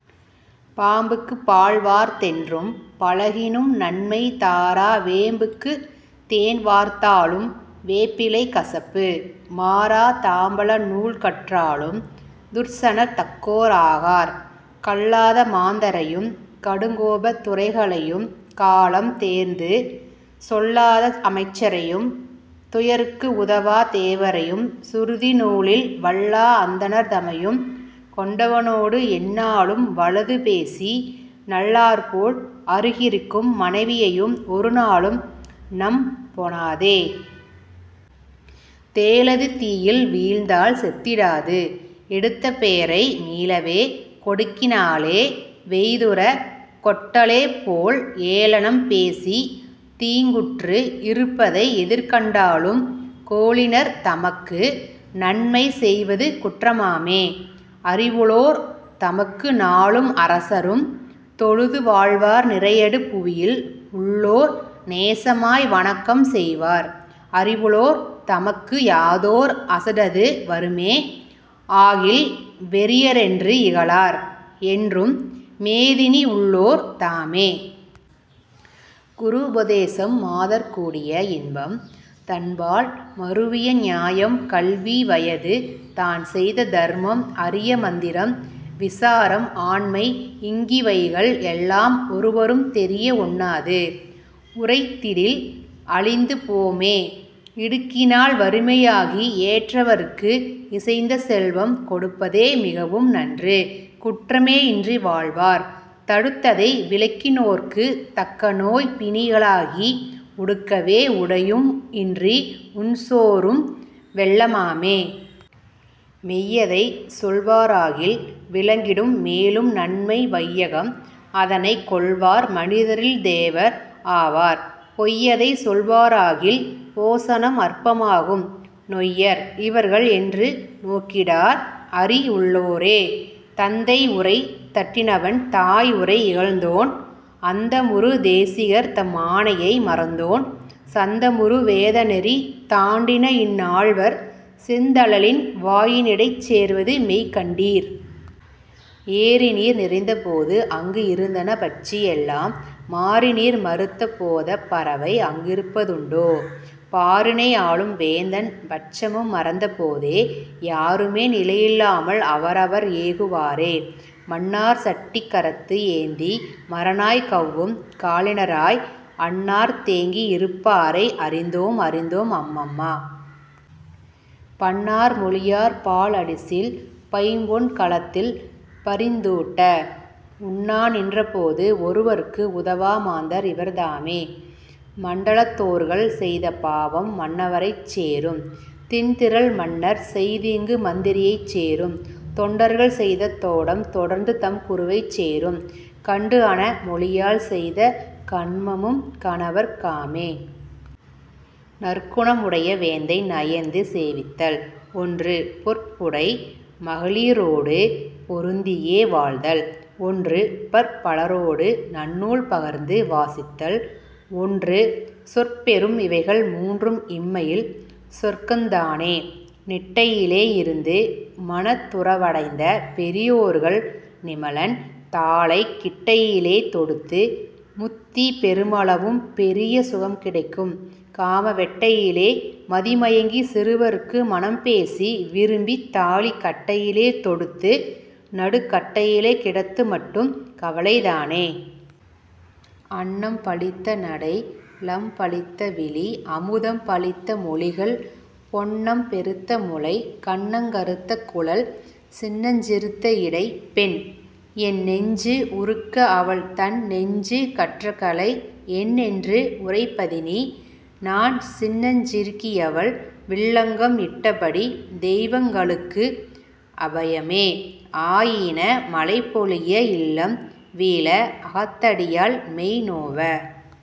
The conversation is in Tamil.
பாம்புக்கு பால்வார்த் தென்றும் பழகினும் நன்மை தாரா வேம்புக்கு தேன்வார்த்தாலும் வேப்பிலை கசப்பு மாறா தாம்பல நூல் கற்றாலும் துர்ச்சனர் தக்கோர் ஆகார். கல்லாத மாந்தரையும் கடுங்கோபத் துரைகளையும் காலம் தேர்ந்து சொல்லாத அமைச்சரையும் துயர்க்கு உதவாத் தேவரையும் சுருதி நூலில் வல்லா அந்தணர் தமையும் கொண்டவனோடு எந்நாளும் வலது பேசி நல்லார் போல் அருகிருக்கும் மனைவியையும் ஒருநாளும் நம்பொணாதே. தேளது தீயில் வீழ்ந்தால் செத்திடாது எடுத்தபேரை மீளவே கொடுக்கினாலே வெய்துறக் கொட்டலேபோல் ஏளனம் பேசித் தீங்குற்று இருப்பதை எதிர்கண்டாலும் கோளினர் தமக்கு நன்மை செய்வது குற்றமாமே. அறிவுளோர் தமக்கு நாளும் அரசரும் தொழுது வாழ்வார் நிறையடு புவியில் உள்ளோர் நேசமாய் வணக்கம் செய்வார் அறிவுளோர் தமக்கு யாதோர் அசடது வருமே ஆகில் வெறியரென்று இகழார் என்றும் மேதினி உள்ளோர் தாமே. குரு உபதேசம் மாதர்கூடிய இன்பம் தன்பால் மருவிய நியாயம் கல்வி வயது தான் செய்த தர்மம் அரிய மந்திரம் விசாரம் ஆண்மை இங்கிவைகள் எல்லாம் ஒருவரும் தெரிய ஒண்ணாது உரைத்திடில் அழிந்து போமே. இடுக்கினால் வறுமையாகி ஏற்றவர்க்கு இசைந்த செல்வம் கொடுப்பதே மிகவும் நன்று குற்றமே இன்றி வாழ்வார் தடுத்ததை விலக்கினோர்க்குத் தக்கநோய் பிணிகளாகி உடுக்கவே உடையும் இன்றி உண்சோறும் வெல்லமாமே. மெய்யதை சொல்வாராகில் விளங்கிடும் மேலும் நன்மை வையகம் அதனைக் கொள்வார் மனிதரில் தேவர் ஆவார் பொய்யதை சொல்வாராகில் போசனம் அற்பமாகும் நொய்யர் இவர்கள் என்று நோக்கிடார் அறிஉள்ளோரே. தந்தை உரை தட்டினவன் தாய் உரை இகழ்ந்தோன் அந்தமுறு தேசிகர் தம் ஆணையை மறந்தோன் சந்தமுறு வேத நெறி தாண்டின இந்நால்வர் செந்தழலின் வாயினிடைச் சேர்வது மெய் கண்டீர். ஏரிநீர் நிறைந்த போது அங்கு இருந்தன பட்சி எல்லாம் மாரிநீர் மறுத்த போதப் பறவை அங்கிருப்பதுண்டோ? பாரினை ஆளும் வேந்தன் பட்சமும் மறந்தபோதே யாருமே நிலையில்லாமல் அவரவர் ஏகுவாரே. மண்ணார் சட்டி கரத்து ஏந்தி மரநாய் கௌவும் காலினராய் அண்ணார்ந் தேங்கி இருப்பாரை அறிந்தோம் அறிந்தோம் அம்மம்மா! பண்ணார் மொழியார் பால் அடிசில் பைம்பொன் கலத்தில் பரிந்தூட்ட உண்ணா நின்ற போது ஒருவர்க்கு உதவா மாந்தர் இவர்தாமே! மண்டலத்தோர்கள் செய்த பாவம் மன்னவரைச் சேரும் திண்திறல் மன்னர் செய்தீங்கு மந்திரியைச் சேரும் தொண்டர்கள் செய்த தோடம் தொடர்ந்து தம் குருவைச் சேரும் கண்டுஅன மொழியாள் செய்த கன்மமும் கணவர்க் காமே. நற்குணம் உடைய வேந்தை நயந்து சேவித்தல் ஒன்று பொற்புடை மகளிரோடு பொருந்தியே வாழ்தல் ஒன்று பற்பலரோடு நன்னூல் பகர்ந்து வாசித்தல் ஒன்று சொற்பெறும் இவைகள் மூன்றும் இம்மையில் சொர்க்கந் தானே. நிட்டையிலே இருந்து மனத் துறவடைந்த பெரியோர்கள் நிமலன் தாளைக் கிட்டையிலே தொடுத்து முத்தி பெருமளவும் பெரிய சுகம் கிடைக்கும் காம வெட்டையிலே மதிமயங்கிச் சிறுவருக்கு மணம்பேசி விரும்பித் தாலி கட்டையிலே தொடுத்து நடுக் கட்டையிலே கிடத்துமட்டும் கவலை தானே. அன்னம் பழித்தநடை லம் பழித்த விழி அமுதம் பழித்த மொழிகள் பொன்னம் பெருத்த முலை கன்னங்கறுத்த குழல் சின்னஞ்சிறுத்த இடை பெண் என் நெஞ்சு உருக்க அவள்தன் நெஞ்சு கற்றகலை என்என்று உரைப்பதினி நான் சின்னஞ் சிறுக்கியவள் வில்லங்கம் இட்டபடி தெய்வங்களுக்கு அபயமே! ஆஈன மழைபொழிய இல்லம் வீழ அகத்தடியாள் மெய்நோவ